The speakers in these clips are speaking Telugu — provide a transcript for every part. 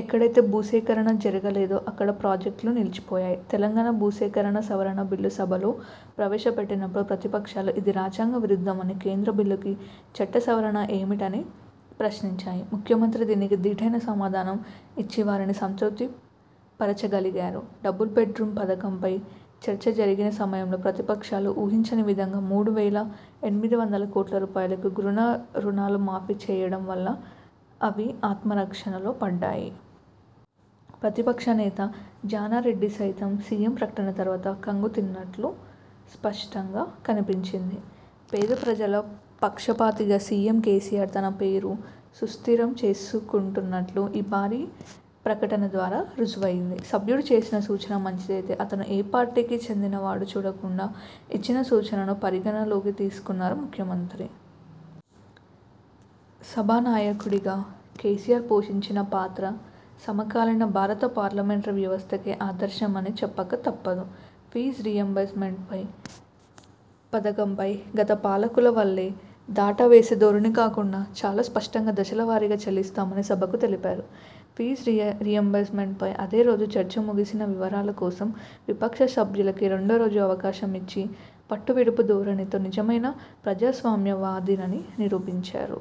ఎక్కడైతే భూ సేకరణ జరగలేదో అక్కడ ప్రాజెక్టులు నిలిచిపోయాయి. తెలంగాణ భూసేకరణ సవరణ బిల్లు సభలో ప్రవేశపెట్టినప్పుడు ప్రతిపక్షాలు ఇది రాజ్యాంగ విరుద్ధమని, కేంద్ర బిల్లుకి చట్ట సవరణ ఏమిటని ప్రశ్నించాయి. ముఖ్యమంత్రి దీనికి దీటైన సమాధానం ఇచ్చి వారిని సంతృప్తి పరచగలిగారు. డబుల్ బెడ్ రూం పథకంపై చర్చ జరిగిన సమయంలో ప్రతిపక్షాలు ఊహించని విధంగా మూడు వేల ఎనిమిది వందల కోట్ల రూపాయల గృణ రుణాలు మాఫీ చేయటం వల్ల అవి ఆత్మరక్షణలో పడ్డాయి. ప్రతిపక్ష నేత జానారెడ్డి సైతం సీఎం ప్రకటన తరువాత ఖంగుతిన్నట్లు స్పష్టంగా కన్పించింది. పేద ప్రజల పక్షపాతిగా సీఎం కేసీఆర్ తన పేరును సుస్థిరం చేసుకుంటున్నట్లు ఈ భారీ ప్రక టన ద్వారా రుజువయింది. సభ్యుడు చేసిన సూచన మంచిదైతే అతను ఏ పార్టీకి చెందిన వాడో చూడకుండా ఇచ్చిన సూచనను పరిగణనలోకి తీసుకున్నారు ముఖ్యమంత్రి. సభా నాయకుడిగా కేసీఆర్ పోషించిన పాత్ర సమకాలీన భారత పార్లమెంటరీ వ్యవస్థకే ఆదర్శమని చెప్పక తప్పదు. ఫీజు రీయింబర్స్మెంట్పై పథకంపై గత పాలకుల వలే దాటవేసే ధోరణి కాకుండా చాలా స్పష్టంగా దశల వారీగా చెల్లిస్తామని సభకి తెలిపారు. ఫీజు రీయింబర్స్మెంట్పై అదే రోజు చర్చ ముగిసినా వివరాల కోసం విపక్ష సభ్యులకి రెండో రోజు అవకాశం ఇచ్చి పట్టువిడుపు ధోరణితో నిజమైన ప్రజాస్వామ్య వాదినని నిరూపించారు.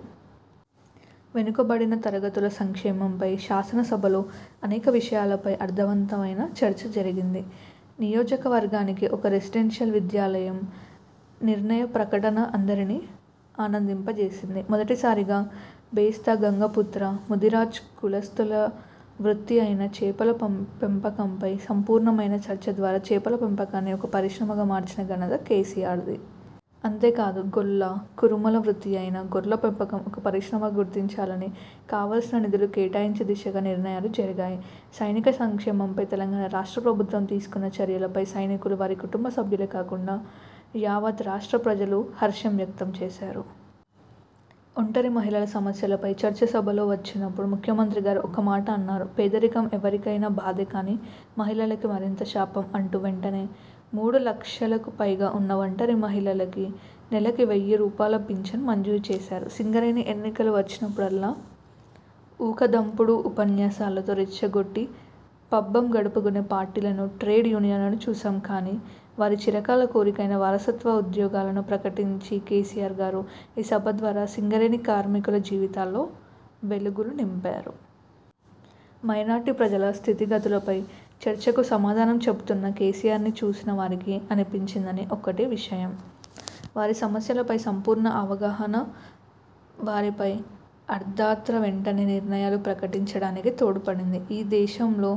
వెనుకబడిన తరగతుల సంక్షేమంపై శాసనసభలో అనేక విషయాలపై అర్థవంతమైన చర్చ జరిగింది. నియోజకవర్గానికి ఒక రెసిడెన్షియల్ విద్యాలయం నిర్ణయ ప్రకటన అందరినీ ఆనందింప జేసింది. మొదటిసారిగా బెస్త, గంగపుత్ర, ముదిరాజ్ కులస్తుల వృత్తి అయిన చేపల పెంపకంపై సంపూర్ణమైన చర్చ ద్వారా చేపల పెంపకాన్ని ఒక పరిశ్రమగా మార్చిన ఘనత కేసీఆర్ది. అంతేకాదు గొల్ల, కురుమల వృత్తి అయిన గొర్ల పెంపకం ఒక పరిశ్రమగా గుర్తించాలని కావలసిన నిధులు కేటాయించే దిశగా నిర్ణయాలు జరిగాయి. సైనిక సంక్షేమంపై తెలంగాణ రాష్ట్ర ప్రభుత్వం తీసుకున్న చర్యలపై సైనికులు, వారి కుటుంబ సభ్యులే కాకుండా యావత్తు రాష్ట్ర ప్రజలు హర్షం వ్యక్తం చేశారు. ఒంటరి మహిళల సమస్యలపై చర్చ సభలో వచ్చినప్పుడు ముఖ్యమంత్రి గారు ఒక మాట అన్నారు. 'పేదరికం ఎవరికైనా బాధే కానీ మహిళలకి మరింత శాపం' అంటూ, వెంటనే మూడు లక్షలకు పైగా ఉన్న ఒంటరి మహిళలకి నెలకి వెయ్యి రూపాయల పించన్ మంజూరు చేశారు. సింగరేణి ఎన్నికలు వచ్చినప్పుడల్లా ఊకదంపుడు ఉపన్యాసాలతో రెచ్చగొట్టి పబ్బం గడుపుకునే పార్టీలను, ట్రేడ్ యూనియన్లను చూశాం కానీ వారి చిరకాల కోరిక అయిన వారసత్వ ఉద్యోగాలను ప్రకటించి కేసీఆర్ గారు ఈ సభ ద్వారా సింగరేణి కార్మికుల జీవితాల్లో వెలుగులు నింపారు. మైనార్టీ ప్రజల స్థితిగతులపై చర్చకు సమాధానం చెబుతున్న కేసీఆర్ని చూసిన వారికి అనిపించినది ఒక్కటే విషయం. వారి సమస్యలపై సంపూర్ణ అవగాహన, వారిపై ఆర్దత్ర వెంటనే నిర్ణయాలు ప్రకటించడానికి తోడ్పడింది. ఈ దేశంలో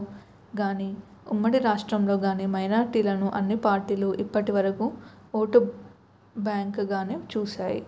గానీ, ఉమ్మడి రాష్ట్రంలో గానీ మైనార్టీలను అన్ని పార్టీలు ఇప్పటి వరకూ ఓటు బ్యాంక్గానే చూశాయి.